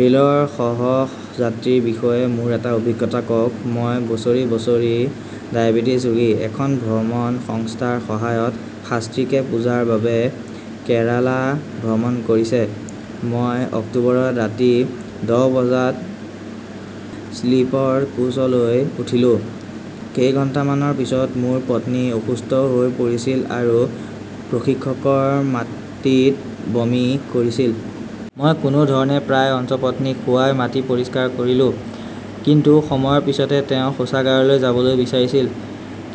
ৰেলৰ সহ-যাত্ৰীৰ বিষয়ে মোৰ এটা অভিজ্ঞতা কওঁক? মই বছৰী বছৰী ডায়েবেটিছ ৰোগী। এখন ভ্ৰমণ সংস্থাৰ সহায়ত শাস্ত্ৰীকে পূজাৰ বাবে কেৰালা ভ্ৰমণ কৰিছে। মই অক্টোবৰত ৰাতি দহ বজাত স্লিপৰ কোচলৈ উঠিলো। কেইঘণ্টামানৰ পিছত মোৰ পত্নী অসুস্থ হৈ পৰিছিল আৰু প্ৰশিক্ষকৰ মাটিত বমি কৰিছিল। মই কোনো ধৰণে প্ৰায় অন্ত পত্নীক শুৱাই মাটি পৰিষ্কাৰ কৰিলো। কিন্তু সময়ৰ পিছতে তেওঁ শৌচাগাৰলৈ যাবলৈ বিচাৰিছিল।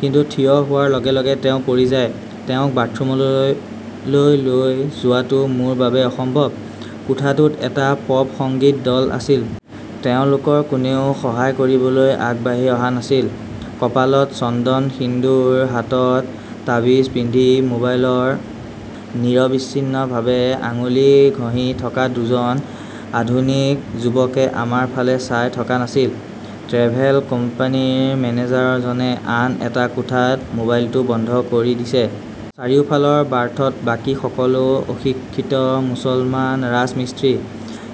কিন্তু থিয় হোৱাৰ লগে-লগে তেওঁ পৰি যায়। তেওঁক বাথৰুমলৈ লৈ লৈ যোৱাটো মোৰ বাবে অসম্ভৱ। কোঠাটোত এটা পপ-সংগীত দল আছিল। তেওঁলোকৰ কোনেও সহায় কৰিবলৈ আগবাঢ়ি অহা নাছিল। কপালত চন্দন, সিন্দুৰ, হাতত তাবীজ পিন্ধি, মোবাইলত নিৰবিচ্ছিন্নভাৱে আঙুলি ঘঁহি থকা দুজন আধুনিক যুৱকে আমাৰ ফালে চাই থকা নাছিল। ট্ৰেভেল কোম্পানীৰ মেনেজাৰজনে আন এটা কোঠাত মোবাইলটো বন্ধ কৰি দিছে। চাৰিওফালৰ বাৰ্থত বাকী সকলো অশিক্ষিত মুছলমান ৰাজমিস্ত্ৰী।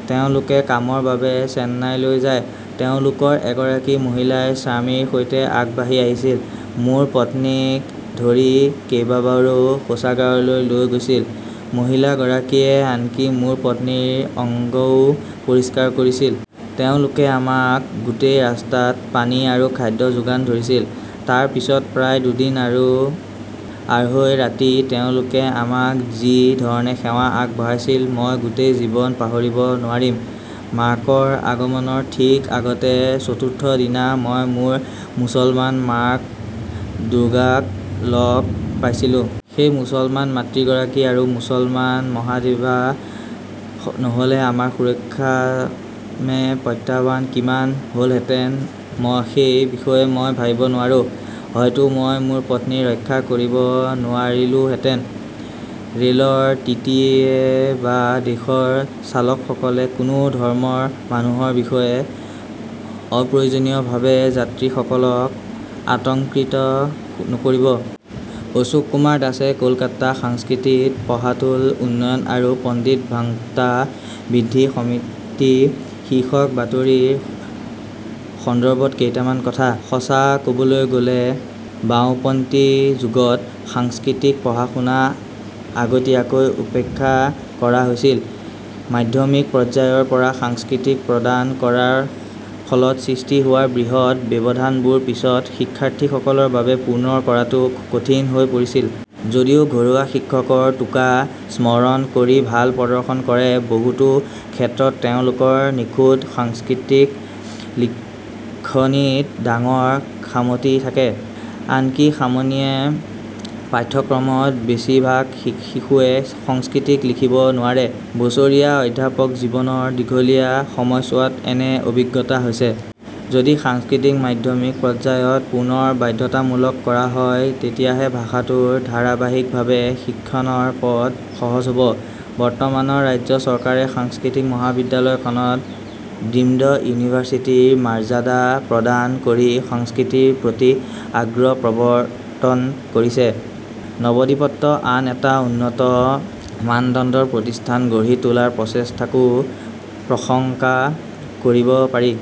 তেওঁলোকে কামৰ বাবে চেন্নাইলৈ যায়। তেওঁলোকৰ এগৰাকী মহিলাই স্বামীৰ সৈতে আগবাঢ়ি আহিছিল, মোৰ পত্নীক ধৰি কেইবাবাৰো শৌচাগাৰলৈ লৈ গৈছিল। মহিলাগৰাকীয়ে আনকি মোৰ পত্নীৰ অংগও পৰিষ্কাৰ কৰিছিল। তেওঁলোকে আমাক গোটেই ৰাস্তাত পানী আৰু খাদ্য যোগান ধৰিছিল। তাৰ পিছত প্ৰায় দুদিন আৰু আঢ়ৈ ৰাতি তেওঁলোকে আমাক যি ধৰণে সেৱা আগবঢ়াইছিল মই গোটেই জীৱন পাহৰিব নোৱাৰিম। মাকৰ আগমনৰ ঠিক আগতে চতুৰ্থ দিনা মই মোৰ মুছলমান মাক দুৰ্গাক লগ পাইছিলো। সেই মুছলমান মাতৃগৰাকী আৰু মুছলমান মহাদেৱা নহ'লে আমাৰ সুৰক্ষা মে প্ৰত্যাহ্বান কিমান হ'লহেঁতেন সেই বিষয়ে মই ভাবিব নোৱাৰো। হয়তো মই মোৰ পত্নীক ৰক্ষা কৰিব নোৱাৰিলোহেঁতেন। ৰেলৰ টি. টি. ই. বা দেশৰ চালকসকলে কোনো ধৰ্মৰ মানুহৰ বিষয়ে অপ্ৰয়োজনীয়ভাৱে যাত্ৰীসকলক আতংকিত নকৰিব। অশোক কুমাৰ দাসে কলকাতা- সংস্কৃতিক পঢ়াটোল উন্নয়ন আৰু পণ্ডিত-ভাংতা বৃদ্ধি সমিতি শীৰ্ষক বাতৰিৰ সন্দৰ্ভত কেইটামান কথা। সঁচা ক'বলৈ গ'লে, বাওঁপন্থী যুগত সংস্কৃত পঢ়া-শুনা আগতীয়াকৈ উপেক্ষা কৰা হৈছিল। মাধ্যমিক পৰ্যায়ৰ পৰা সংস্কৃত প্ৰদান কৰাৰ ফলত সৃষ্টি হোৱা বৃহৎ ব্যৱধানবোৰ পিছত শিক্ষাৰ্থীসকলৰ বাবে পূৰণ কৰাটো কঠিন হৈ পৰিছিল। যদিও ঘৰুৱা শিক্ষকৰ 'টোকা' স্মৰণ কৰি ভাল প্ৰদৰ্শন কৰে, বহুতো ক্ষেত্ৰত তেওঁলোকৰ নিখুঁত সাংস্কৃতি লিখনিত ডাঙৰ খামতি থাকে। আনকি সন্মানীয় পাঠ্যক্ৰমত বেছিভাগ শিশুৱে সংস্কৃত লিখিব নোৱাৰে। বছৰীয়া অধ্যাপক জীৱনৰ দীঘলীয়া সময়ছোৱাত এনে অভিজ্ঞতা হৈছে। যদি সাংকৃতিক মাধ্যমিক পৰ্যায়ত পুনৰ বাধ্যতামূলক কৰা হয়, তেতিয়াহে ভাষাটোৰ ধাৰাবাহিকভাৱে শিক্ষাণৰ পথ সহজ হ'ব। বৰ্তমানৰ ৰাজ্য চৰকাৰে সংস্কৃত মহাবিদ্যালয়খনক ডিম্ড ইউনিভাৰ্চিটিৰ মৰ্যাদা প্ৰদান কৰি সংস্কৃতৰ প্ৰতি আগ্ৰহ প্ৰৱৰ্তন কৰিছে। নৱদ্বীপত আন এটা উন্নত মানদণ্ডৰ প্ৰতিষ্ঠান গঢ়ি তোলাৰ প্ৰচেষ্টাকো প্ৰশংসা কৰিব পাৰি।